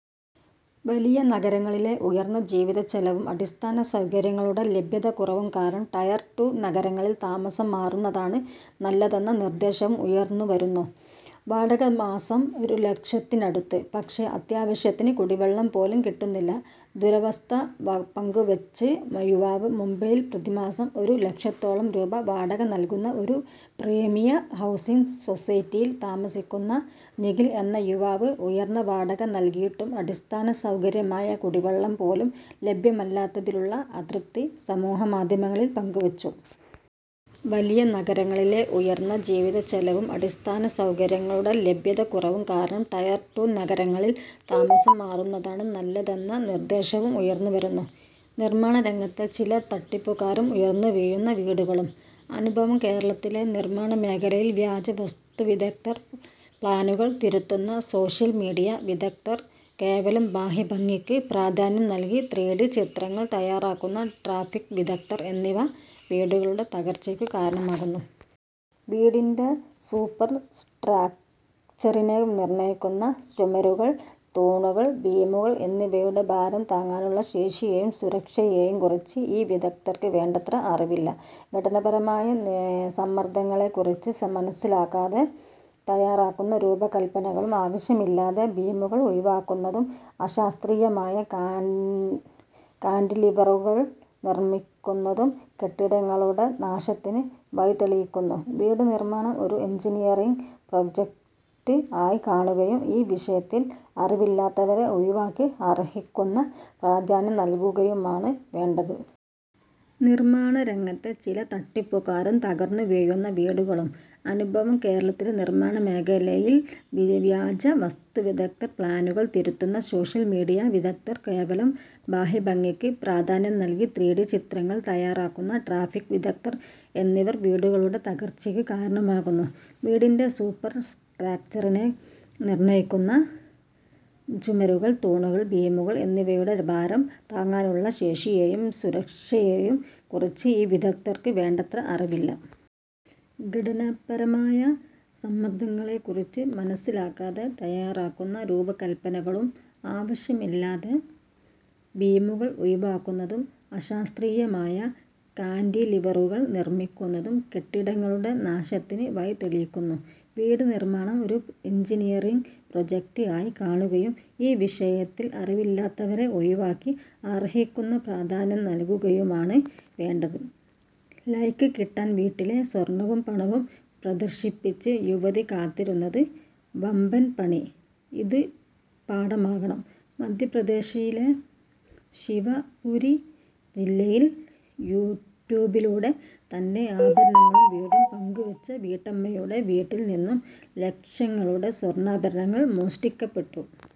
വലിയ നഗരങ്ങളിലെ ഉയർന്ന ജീവിതച്ചെലവും അടിസ്ഥാന സൗകര്യങ്ങളുടെ ലഭ്യതക്കുറവും കാരണം ടയർ ടു നഗരങ്ങളിൽ താമസം മാറുന്നതാണ് നല്ലതെന്ന നിർദ്ദേശവും ഉയർന്നു വരുന്നു. വാടക മാസം ഒരുലക്ഷത്തിനടുത്ത്; പക്ഷേ അത്യാവശ്യത്തിന് കുടിവെള്ളം പോലും കിട്ടുന്നില്ല: ദുരവസ്ഥ പങ്കുവച്ച് യുവാവ് മുംബൈയിൽ പ്രതിമാസം ഒരു ലക്ഷത്തോളം രൂപ വാടക നൽകുന്ന ഒരു പ്രീമിയം ഹൗസിങ് സൊസൈറ്റിയിൽ താമസിക്കുന്ന നിഖിൽ എന്ന യുവാവ്, ഉയർന്ന വാടക നൽകിയിട്ടും അടിസ്ഥാന സൗകര്യമായ കുടിവെള്ളം പോലും ലഭ്യമല്ലാത്തതിലുള്ള അതൃപ്തി സമൂഹമാധ്യമങ്ങളിൽ പങ്കുവെച്ചു. വലിയ നഗരങ്ങളിലെ ഉയർന്ന ജീവിതച്ചെലവും അടിസ്ഥാന സൗകര്യങ്ങളുടെ ലഭ്യതക്കുറവും കാരണം ടയർ ടു നഗരങ്ങളിൽ താമസം മാറുന്നതാണ് നല്ലതെന്ന നിർദ്ദേശവും ഉയർന്നു വരുന്നു. നിർമാണരംഗത്തെ ചില തട്ടിപ്പുകാരും തകർന്നുവീഴുന്ന വീടുകളും; അനുഭവം കേരളത്തിലെ നിർമ്മാണമേഖലയിൽ വ്യാജ വാസ്തുവിദഗ്ധർ, പ്ലാനുകൾ തിരുത്തുന്ന സോഷ്യൽ മീഡിയ വിദഗ്ധർ, കേവലം ബാഹ്യഭംഗിക്ക് പ്രാധാന്യം നൽകി ത്രീഡി ചിത്രങ്ങൾ തയ്യാറാക്കുന്ന ഗ്രാഫിക് വിദഗ്ധർ എന്നിവർ വീടുകളുടെ തകർച്ചയ്ക്ക് കാരണമാകുന്നു. വീടിന്റെ സൂപ്പർ സ്ട്രക്ച്ചറിനെ നിർണ്ണയിക്കുന്ന ചുമരുകൾ, തൂണുകൾ, ബീമുകൾ എന്നിവയുടെ ഭാരം താങ്ങാനുള്ള ശേഷിയെയും സുരക്ഷയെയും കുറിച്ച് ഈ വിദഗ്ധർക്ക് വേണ്ടത്ര അറിവില്ല. ഘടനാപരമായ സമ്മർദ്ദങ്ങളെക്കുറിച്ച് മനസ്സിലാക്കാതെ തയ്യാറാക്കുന്ന രൂപകൽപ്പനകളും, ആവശ്യമില്ലാതെ ബീമുകൾ ഒഴിവാക്കുന്നതും, അശാസ്ത്രീയമായ കാന്റിലിവറുകൾ നിർമ്മിക്കുന്നതും കെട്ടിടങ്ങളുടെ നാശത്തിന് വഴിതെളിക്കുന്നു. വീട് നിർമ്മാണം ഒരു എഞ്ചിനീയറിംഗ് പ്രോജക്റ്റ് ആയി കാണുകയും, ഈ വിഷയത്തിൽ അറിവില്ലാത്തവരെ ഒഴിവാക്കി, അർഹിക്കുന്ന പ്രാധാന്യം നൽകുകയുമാണ് വേണ്ടത്. നിർമാണരംഗത്തെ ചില തട്ടിപ്പുകാരും തകർന്നുവീഴുന്ന വീടുകളും; അനുഭവം കേരളത്തിലെ നിർമ്മാണമേഖലയിൽ വ്യാജ വാസ്തുവിദഗ്ധർ, പ്ലാനുകൾ തിരുത്തുന്ന സോഷ്യൽ മീഡിയ വിദഗ്ധർ, കേവലം ബാഹ്യഭംഗിക്ക് പ്രാധാന്യം നൽകി ത്രീഡി ചിത്രങ്ങൾ തയ്യാറാക്കുന്ന ഗ്രാഫിക് വിദഗ്ധർ എന്നിവർ വീടുകളുടെ തകർച്ചയ്ക്ക് കാരണമാകുന്നു. വീടിന്റെ സൂപ്പർ സ്ട്രക്ച്ചറിനെ നിർണ്ണയിക്കുന്ന ചുമരുകൾ, തൂണുകൾ, ബീമുകൾ എന്നിവയുടെ ഭാരം താങ്ങാനുള്ള ശേഷിയെയും സുരക്ഷയെയും കുറിച്ച് ഈ വിദഗ്ധർക്ക് വേണ്ടത്ര അറിവില്ല. ഘടനാപരമായ സമ്മർദ്ദങ്ങളെക്കുറിച്ച് മനസ്സിലാക്കാതെ തയ്യാറാക്കുന്ന രൂപകൽപ്പനകളും, ആവശ്യമില്ലാതെ ബീമുകൾ ഒഴിവാക്കുന്നതും, അശാസ്ത്രീയമായ കാന്റിലിവറുകൾ നിർമ്മിക്കുന്നതും കെട്ടിടങ്ങളുടെ നാശത്തിന് വഴിതെളിക്കുന്നു. വീട് നിർമ്മാണം ഒരു എഞ്ചിനീയറിംഗ് പ്രോജക്റ്റ് ആയി കാണുകയും, ഈ വിഷയത്തിൽ അറിവില്ലാത്തവരെ ഒഴിവാക്കി, അർഹിക്കുന്ന പ്രാധാന്യം നൽകുകയുമാണ് വേണ്ടത്. ലൈക്ക് കിട്ടാൻ വീട്ടിലെ സ്വർണവും പണവും പ്രദർശിപ്പിച്ച് യുവതി: കാത്തിരുന്നത് വമ്പൻ 'പണി'; ഇത് പാഠമാകണം മധ്യപ്രദേശിലെ ശിവപുരി ജില്ലയിൽ, യൂട്യൂബിലൂടെ തൻ്റെ ആഭരണങ്ങളും വീടും പങ്കുവെച്ച വീട്ടമ്മയുടെ വീട്ടിൽ നിന്നും ലക്ഷങ്ങളുടെ സ്വർണ്ണാഭരണങ്ങൾ മോഷ്ടിക്കപ്പെട്ടു.